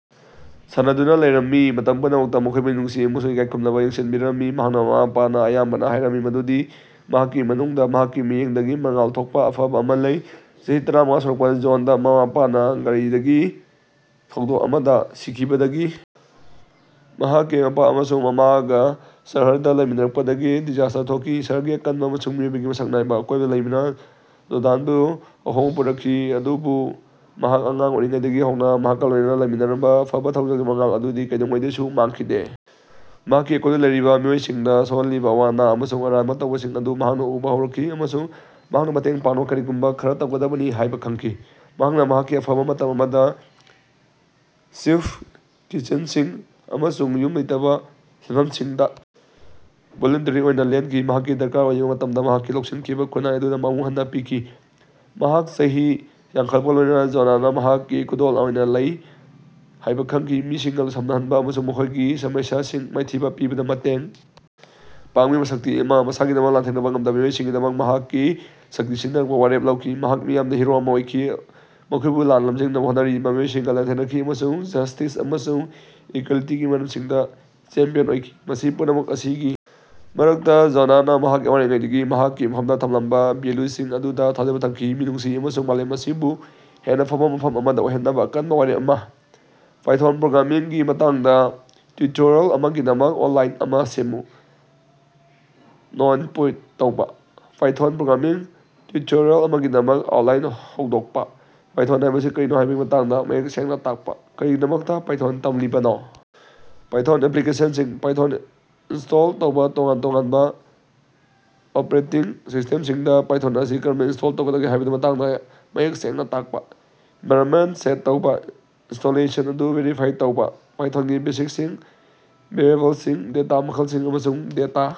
ꯁꯥꯟꯅꯗꯨꯅ ꯂꯩꯔꯝꯃꯤ, ꯃꯇꯝ ꯄꯨꯝꯅꯃꯛꯇ ꯃꯈꯣꯏꯕꯨ ꯃꯤꯅꯨꯡꯁꯤ ꯑꯃꯁꯨꯡ ꯏꯀꯥꯏ ꯈꯨꯝꯅꯅꯥ ꯌꯦꯡꯁꯤꯅꯕꯤꯔꯝꯃꯤ꯫ ꯃꯍꯥꯛꯀꯤ ꯃꯃꯥ-ꯃꯄꯥꯅꯥ ꯑꯌꯥꯝꯕꯅꯥ ꯍꯥꯏꯔꯝꯃꯤ ꯃꯗꯨꯗꯤ ꯃꯍꯥꯛꯀꯤ ꯃꯅꯨꯡꯗꯥ ꯃꯍꯥꯛꯀꯤ ꯃꯤꯠꯌꯦꯡꯗꯒꯤ ꯃꯉꯥꯜ ꯊꯣꯛꯄꯥ ꯑꯐꯕꯥ ꯑꯃꯥ ꯂꯩ꯫ ꯆꯍꯤ ꯇꯔꯥꯃꯉꯥ ꯁꯨꯔꯛꯄꯗ ꯖꯣꯟꯗꯥ ꯃꯃꯥ-ꯃꯄꯥꯅ ꯒꯥꯔꯤꯗꯒꯤ ꯊꯧꯗꯣꯛ ꯑꯃꯗ ꯁꯤꯈꯤꯕꯗꯒꯤ ꯃꯍꯥꯛꯀꯤ ꯃꯄꯥ ꯑꯃꯁꯨꯡ ꯃꯃꯥꯒꯥ ꯁꯍꯔꯗꯥ ꯂꯩꯃꯤꯟꯅꯔꯛꯄꯗꯒꯤ ꯗꯤꯖꯥꯁ꯭ꯇꯔ ꯊꯣꯛꯈꯤ꯫ ꯁꯍꯔꯒꯤ ꯑꯀꯟꯕꯥ ꯑꯃꯁꯨꯡ ꯃꯤꯑꯣꯏꯕꯒꯤ ꯃꯁꯛ ꯅꯥꯏꯕ ꯑꯀꯣꯏꯕꯗ ꯂꯩꯕꯅꯥ ꯖ‌ꯣꯗꯥꯟꯕꯨ ꯑꯍꯣꯡꯕꯥ ꯄꯨꯔꯛꯈꯤ, ꯑꯗꯨꯕꯨ ꯃꯍꯥꯛ ꯑꯉꯥꯡ ꯑꯣꯏꯔꯤꯉꯩꯗꯒꯤ ꯍꯧꯅꯥ ꯃꯍꯥꯛꯀ ꯂꯣꯏꯅꯅꯥ ꯂꯩꯃꯤꯟꯅꯔꯝꯕꯥ ꯑꯐꯕ ꯊꯧꯖꯥꯜꯒꯤ ꯃꯉꯥꯜ ꯑꯗꯨꯗꯤ ꯀꯩꯗꯧꯉꯩꯗꯁꯨ ꯃꯥꯡꯈꯤꯗꯦ꯫ ꯃꯍꯥꯛꯀꯤ ꯑꯀꯣꯏꯕꯗꯥ ꯂꯩꯔꯤꯕꯥ ꯃꯤꯑꯣꯏꯁꯤꯡꯗ ꯁꯣꯛꯍꯜꯂꯤꯕꯥ ꯑꯋꯥ-ꯑꯅꯥ ꯑꯃꯁꯨꯡ ꯑꯔꯥꯟꯕꯥ ꯇꯧꯕꯁꯤꯡ ꯑꯗꯨ ꯃꯍꯥꯛꯅ ꯎꯕꯥ ꯍꯧꯔꯛꯈꯤ ꯑꯃꯁꯨꯡ ꯃꯍꯥꯛꯅꯥ ꯃꯇꯦꯡ ꯄꯥꯡꯅꯕꯥ ꯀꯔꯤꯒꯨꯝꯕꯥ ꯈꯔꯥ ꯇꯧꯒꯗꯕꯅꯤ ꯍꯥꯏꯕ ꯈꯪꯈꯤ꯫ ꯃꯍꯥꯛꯅ ꯃꯍꯥꯛꯀꯤ ꯑꯐꯕꯥ ꯃꯇꯝ ꯑꯗꯨ ꯁ꯭ꯌꯨꯞ ꯀꯤꯆꯦꯟꯁꯤꯡ ꯑꯃꯁꯨꯡ ꯌꯨꯝ ꯂꯩꯇꯕ ꯐꯤꯕꯝꯁꯤꯡꯗꯥ ꯚꯣꯂꯨꯟꯇꯔꯤ ꯑꯣꯏꯅ ꯂꯦꯟꯈꯤ, ꯃꯍꯥꯛꯀꯤ ꯗꯔꯀꯥꯔ ꯑꯣꯏꯕꯥ ꯃꯇꯝꯗ ꯃꯍꯥꯛꯄꯨ ꯂꯧꯁꯤꯟꯈꯤꯕꯥ ꯈꯨꯟꯅꯥꯏ ꯑꯗꯨꯗ ꯑꯃꯨꯛ ꯍꯟꯅꯥ ꯄꯤꯈꯤ꯫ ꯃꯍꯥꯛ ꯆꯍꯤ ꯌꯥꯝꯈꯠꯂꯛꯄꯒꯥ ꯂꯣꯏꯅꯅꯥ ꯖ‌ꯣꯟꯗꯥꯅ ꯃꯍꯥꯛꯀꯤ ꯈꯨꯗꯣꯜ ꯑꯃꯥ ꯂꯩ ꯍꯥꯏꯕ ꯈꯪꯈꯤ ꯃꯤꯁꯤꯡꯒ ꯁꯝꯅꯍꯟꯕ ꯑꯃꯁꯨꯡ ꯃꯈꯣꯏꯒꯤ ꯁꯃꯁ꯭ꯌꯥꯁꯤꯡ ꯃꯥꯏꯊꯤꯕ ꯄꯤꯕꯗ ꯃꯇꯦꯡ ꯄꯥꯡꯕꯒꯤ ꯁꯛꯇꯤ ꯑꯃꯥ꯫ ꯃꯁꯥꯒꯤꯗꯃꯛ ꯂꯥꯟꯊꯦꯡꯅꯕꯥ ꯉꯝꯗꯕꯥ ꯃꯤꯑꯣꯏꯁꯤꯡꯒꯤꯗꯃꯛ ꯃꯍꯥꯛꯀꯤ ꯁꯛꯇꯤ ꯁꯤꯖꯤꯟꯅꯅꯕ ꯋꯥꯔꯦꯞ ꯂꯧꯈꯤ꯫ ꯃꯍꯥꯛ ꯃꯤꯌꯥꯝꯗ ꯍꯤꯔꯣ ꯑꯃꯥ ꯑꯣꯏꯈꯤ, ꯃꯈꯣꯏꯕꯨ ꯂꯥꯟꯅꯥ ꯂꯝꯖꯤꯡꯅꯕꯥ ꯍꯣꯠꯅꯔꯤꯕꯥ ꯃꯤꯑꯣꯏꯁꯤꯡꯒ ꯂꯥꯟꯊꯦꯡꯅꯈꯤ ꯑꯃꯁꯨꯡ ꯖꯁ꯭ꯇꯤꯁ ꯑꯃꯁꯨꯡ ꯏꯀꯋ‌ꯦꯂꯤꯇꯤꯒꯤ ꯃꯔꯝꯁꯤꯡꯗ ꯆꯦꯝꯄꯤꯌꯟ ꯑꯣꯏꯈꯤ꯫ ꯃꯁꯤ ꯄꯨꯝꯅꯃꯛ ꯑꯁꯤꯒꯤ ꯃꯔꯛꯇ ꯖ‌ꯣꯟꯗꯥꯅꯥ ꯑꯉꯥꯡ ꯑꯣꯏꯔꯤꯉꯩꯗꯥ ꯃꯍꯥꯛꯀꯤ ꯃꯐꯝꯗ ꯊꯝꯂꯝꯕ ꯚꯦꯜꯌꯨꯁꯤꯡ ꯑꯗꯨꯗ ꯊꯥꯖꯕꯥ ꯊꯝꯈꯤ ꯃꯤꯅꯨꯡꯁꯤ ꯑꯃꯁꯨꯡ ꯃꯥꯂꯦꯝ ꯑꯁꯤꯕꯨ ꯍꯦꯟꯅꯥ ꯐꯕꯥ ꯃꯐꯝ ꯑꯃꯥ ꯑꯣꯏꯍꯟꯅꯕꯥ ꯑꯀꯟꯕ ꯋꯥꯔꯦꯞ ꯑꯃꯥ꯫ ꯄꯥꯏꯊꯣꯟ ꯄ꯭ꯔꯣꯒ꯭ꯔꯥꯃꯤꯡꯒꯤ ꯃꯇꯥꯡꯗꯥ ꯇꯤꯎꯇꯣꯔꯤꯌꯥꯜ ꯑꯃꯒꯤꯗꯃꯛ ꯑꯥꯎꯠꯂꯥꯏꯟ ꯑꯃꯥ ꯁꯦꯝꯃꯨ꯫ ꯅꯣꯏꯟꯄꯨꯠ ꯇꯧꯕꯥ꯫ ꯄꯥꯏꯊꯣꯟ ꯄ꯭ꯔꯣꯒ꯭ꯔꯥꯃꯤꯡ ꯇꯤꯎꯇꯣꯔꯤꯌꯥꯜ ꯑꯃꯒꯤꯗꯃꯛ ꯑꯥꯎꯠꯂꯥꯏꯟ ꯍꯧꯗꯣꯛꯄꯥ, ꯄꯥꯏꯊꯣꯟ ꯍꯥꯏꯕꯁꯤ ꯀꯔꯤꯅꯣ ꯍꯥꯏꯕꯒꯤ ꯃꯇꯥꯡꯗ ꯃꯌꯦꯛ ꯁꯦꯡꯅꯥ ꯇꯥꯛꯄꯥ, ꯀꯔꯤꯒꯤꯗꯃꯛꯇꯥ ꯄꯥꯏꯊꯣꯟ ꯇꯝꯂꯤꯕꯅꯣ. ꯄꯥꯏꯊꯣꯟ ꯑꯦꯄꯂꯤꯀꯦꯁꯟꯁꯤꯡ꯫ ꯄꯥꯏꯊꯣꯟ ꯏꯟꯁ꯭ꯇꯣꯜ ꯇꯧꯕꯥ ꯇꯣꯉꯥꯟ ꯇꯣꯉꯥꯟꯕ ꯑꯣꯄꯔꯦꯇꯤꯡ ꯁꯤꯁ꯭ꯇꯦꯝꯁꯤꯡꯗ ꯄꯥꯏꯊꯣꯟ ꯑꯁꯤ ꯀꯔꯝꯅ ꯏꯟꯁ꯭ꯇꯣꯜ ꯇꯧꯒꯗꯒꯦ ꯍꯥꯏꯕꯒꯤ ꯃꯇꯥꯡꯗꯥ ꯃꯌꯦꯛ ꯁꯦꯡꯅ ꯇꯥꯛꯄꯥ. ꯑꯦꯟꯚꯥꯏꯔꯅꯃꯦꯟꯇ ꯁꯦꯠ ꯇꯧꯕꯥ, ꯏꯟꯁ꯭ꯇꯣꯂꯦꯁꯟ ꯑꯗꯨ ꯚꯦꯔꯤꯐꯥꯏ ꯇꯧꯕꯥ, ꯄꯥꯏꯊꯣꯟꯒꯤ ꯕꯦꯁꯤꯛꯁꯤꯡ, ꯚꯦꯔꯤꯑꯦꯕꯜꯁꯤꯡ, ꯗꯦꯇꯥ ꯃꯈꯜꯁꯤꯡ, ꯑꯃꯁꯨꯡ ꯗꯦꯇꯥ